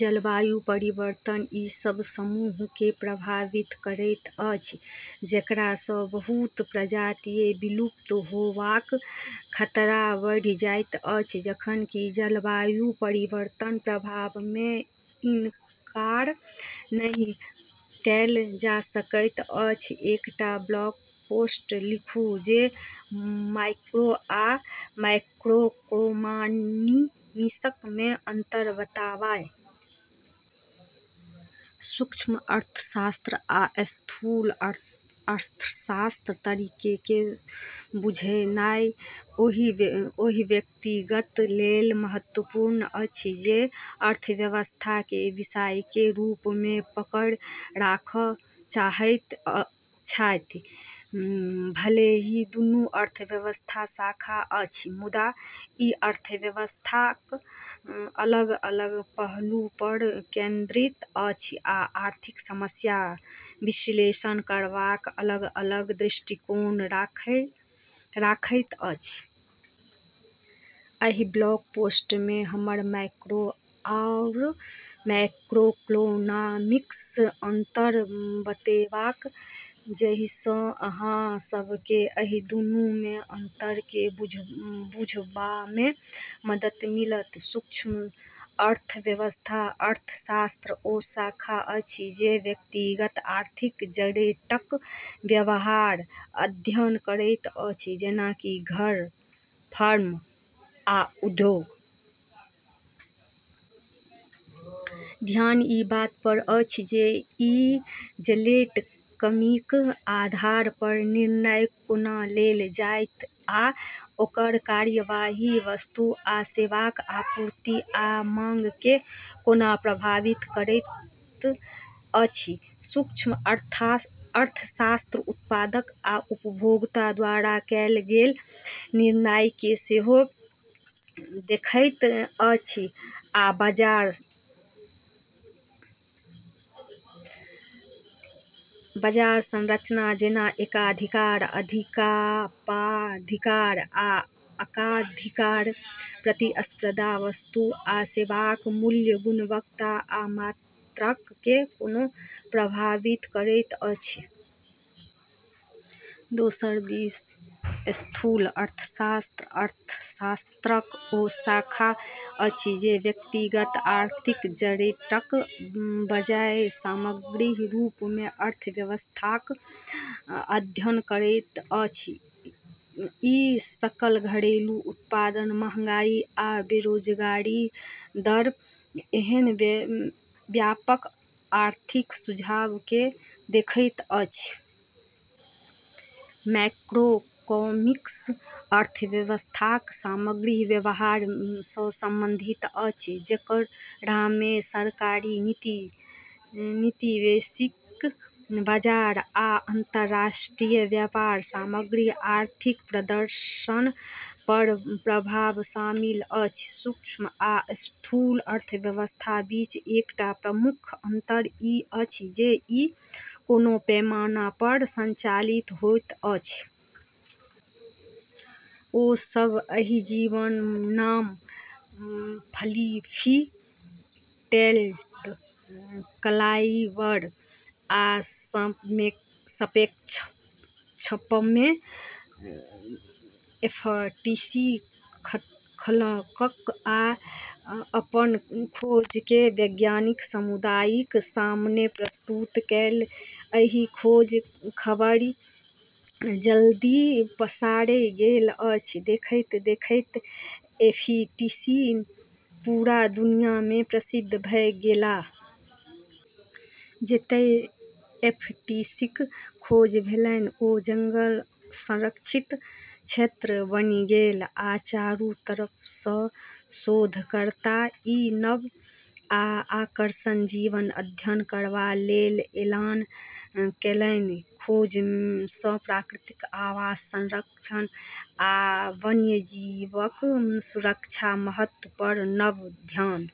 जलवायु परिवर्तन ई सभ समूहकेँ प्रभावित करैत अछि, जेकरा सँ बहुत प्रजातिक विलुप्त होयबाक खतरा बढ़ि जाइत अछि। जखन कि जलवायु परिवर्तनक प्रभाव सँ इनकार नहि कएल जा सकैत अछि। एकटा ब्लॉग पोस्ट लिखू जे माइक्रो आ मैक्रोइकोनॉमिक्समे अंतर बताबय। सूक्ष्म अर्थशास्त्र आ स्थूल अर्थशास्त्रक अंतरकेँ बुझनाइ ओहि व्यक्तिक लेल महत्वपूर्ण अछि जे अर्थशास्त्रकेँ विषयक रूपमे पकड़ राखय चाहैत छथि। भले ही दुनू अर्थशास्त्रक शाखा अछि, मुदा ई अर्थव्यवस्थाक अलग-अलग पहलू पर केंद्रित अछि आ आर्थिक समस्याक विश्लेषण करबाक अलग-अलग दृष्टिकोण राखैत अछि। एहि ब्लॉग पोस्टमे हम माइक्रो आओर मैक्रोइकोनॉमिक्समे अंतर बताएब जाहि सँ अहाँ सभकेँ एहि दुनूमे अंतरकेँ बुझबामे मदद मिलत। सूक्ष्म अर्थशास्त्र अर्थशास्त्रक ओ शाखा अछि जे व्यक्तिगत आर्थिक एजेंटक व्यवहारक अध्ययन करैत अछि, जेना कि घर, फर्म, आ उद्योग। ध्यान ई बात पर अछि जे ई एजेंट कमीक आधार पर निर्णय कोना लेत अछि आ ओकर कार्यवाही वस्तु आ सेवाक आपूर्ति आ माँगकेँ कोना प्रभावित करैत अछि। सूक्ष्म अर्थशास्त्र उत्पादक आ उपभोक्ता द्वारा कएल गेल निर्णयकेँ सेहो देखैत अछि, आ बाजार संरचना जेना एकाधिकार, अल्पाधिकार, आ एकाधिकार प्रतिस्पर्धा वस्तु आ सेवाक मूल्य, गुणवत्ता आ मात्राकेँ कोना प्रभावित करैत अछि। दोसर दिस स्थूल अर्थशास्त्र अर्थशास्त्रक ओ शाखा अछि जे व्यक्तिगत आर्थिक एजेंटक बजाय समग्र रूप सँ अर्थव्यवस्थाक अध्ययन करैत अछि। ई सकल घरेलू उत्पाद, मँहगाई, आ बेरोजगारी दर एहन व्यापक आर्थिक सूचककेँ देखैत अछि। मैक्रोइकोनॉमिक्स अर्थव्यवस्थाक समग्र व्यवहार सँ संबंधित अछि, जेकरामे सरकारी नीति, वैश्विक बाजार, आ अंतर्राष्ट्रीय व्यापारक समग्र आर्थिक प्रदर्शन पर प्रभाव शामिल अछि। सूक्ष्म आ स्थूल अर्थशास्त्रक बीच एकटा प्रमुख अंतर ई अछि जे ई कोन पैमाना पर संचालित होइत अछि। ओ सभ एहि जीवक नाम "फ्लफी टेल्ड क्लाइम्बर" वा संक्षेपमे एफटीसी रखलक आ अपन खोजकेँ वैज्ञानिक समुदायक सामने प्रस्तुत केलक। एहि खोजक खबरि जल्दीए पसरि गेल, आ देखैत-देखैत एफटीसी पूरा दुनियामे प्रसिद्ध भ’ गेल। जतै एफटीसीक खोज भेलै, ओ जंगल संरक्षित क्षेत्र बनि गेलै, आ चारू तरफ सँ शोधकर्ता ई नव आ आकर्षक जीवक अध्ययन करबा लेल एलाह। एकर खोज सँ प्राकृतिक आवासक संरक्षण आ वन्यजीवक सुरक्षाक महत्व पर नव ध्यान।